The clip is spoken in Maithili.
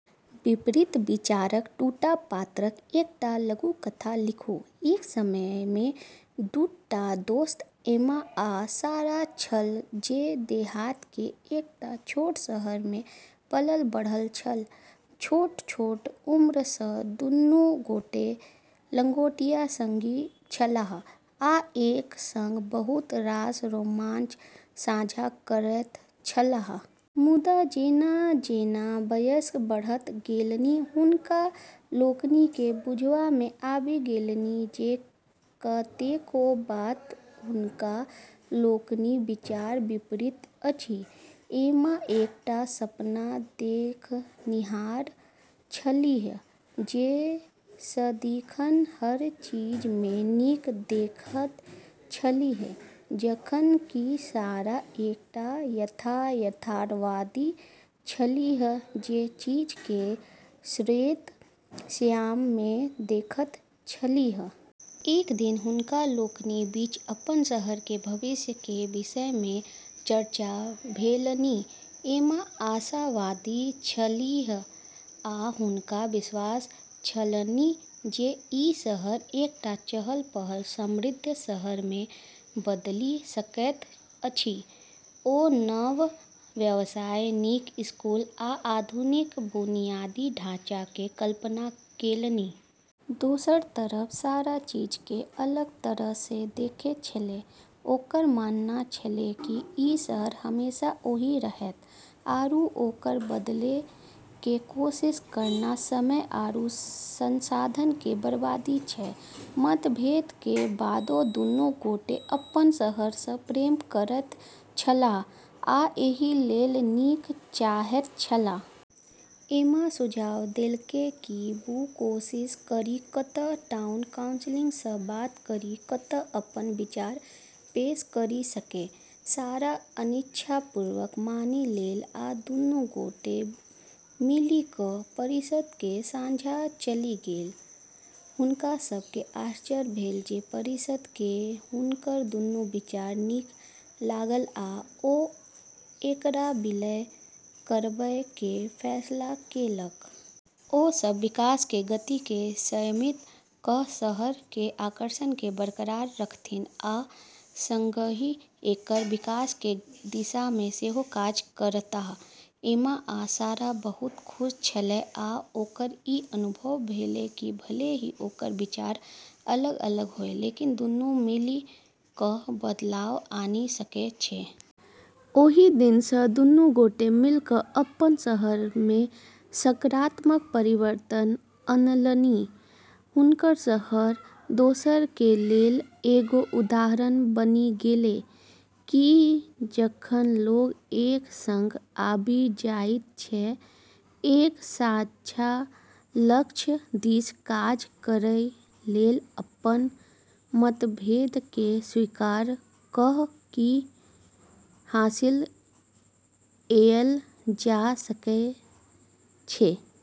विपरीत विचारक दूटा पात्रक एकटा लघुकथा लिखू:- एक समय में दू टा दोस्त एम्मा आ सारा छल जे देहात के एकटा छोट शहर में पलल-बढ़ल छल। छोट-छोट उम्र सँ दुनू गोटे लंगोटिया संगी छलाह आ एक संग बहुत रास रोमांच साझा करैत छलाह। मुदा जेना-जेना वयस बढ़ैत गेलनि, हुनका लोकनि केँ बुझबा में आबि गेलनि जे कतेको बात पर हुनका लोकनिक विचार विपरीत अछि। एम्मा एकटा सपना देखनिहार छलीह जे सदिखन हर चीज में नीक देखैत छलीह, जखन कि सारा एकटा यथार्थवादी छलीह जे चीज केँ श्वेत-श्याम में देखैत छलीह। एक दिन हुनका लोकनिक बीच अपन शहर के भविष्य के विषय में चर्चा भेलनि। एम्मा आशावादी छलीह आ हुनका विश्वास छलनि जे ई शहर एकटा चहल-पहल, समृद्ध शहर में बदलि सकैत अछि। ओ नव व्यवसाय, नीक स्कूल, आ आधुनिक बुनियादी ढांचा के कल्पना केलनि। दोसर तरफ सारा चीज केँ अलग तरह सँ देखै छेलै, ओकर मानना छेलै कि ई शहर हमेशा ओही रहतै, आरू ओकरा बदलै के कोशिश करना समय आरू संसाधन के बर्बादी छै। मतभेद के बादो दुनू गोटे अपन शहर सँ प्रेम करैत छलाह आ एहि लेल नीक चाहैत छलाह। एम्मा सुझाव देलकै कि वू कोशिश करी कऽ टाउन काउंसिल सँ बात करी कऽ अपन विचार पेश करी सकै। सारा अनिच्छापूर्वक मानि लेलक आ दुनू गोटे मिलिकय परिषद् के सोझाँ चलि गेल। हुनका सब केँ आश्चर्य भेल जे परिषद् केँ हुनकर दूनू विचार नीक लागल आ ओ एकरा विलय करबय के फैसला केलक। ओ सब विकास के गति केँ संयमित कऽ शहर के आकर्षण केँ बरकरार रखथि आ संगहि एकर विकास के दिशा में सेहो काज करताह। एम्मा आ सारा बहुत खुश छलै आर ओकरा ई अनुभव भेलै कि भले ही ओकर विचार अलग-अलग होय, लेकिन दुनू मिलि कऽ बदलाव आनि सकै छै। ओहि दिन सँ दुनू गोटे मिलि क' अपन शहर में सकारात्मक परिवर्तन अनलनि। हुनक शहर दोसर के लेल एगो उदाहरण बनी गेलै, कि जखन लोग एक संग आबि जाइत छै, एक साझा लक्ष्य दिस काज करय लेल अपन मतभेद के स्वीकार कऽ की हासिल कएल जा सकै छै।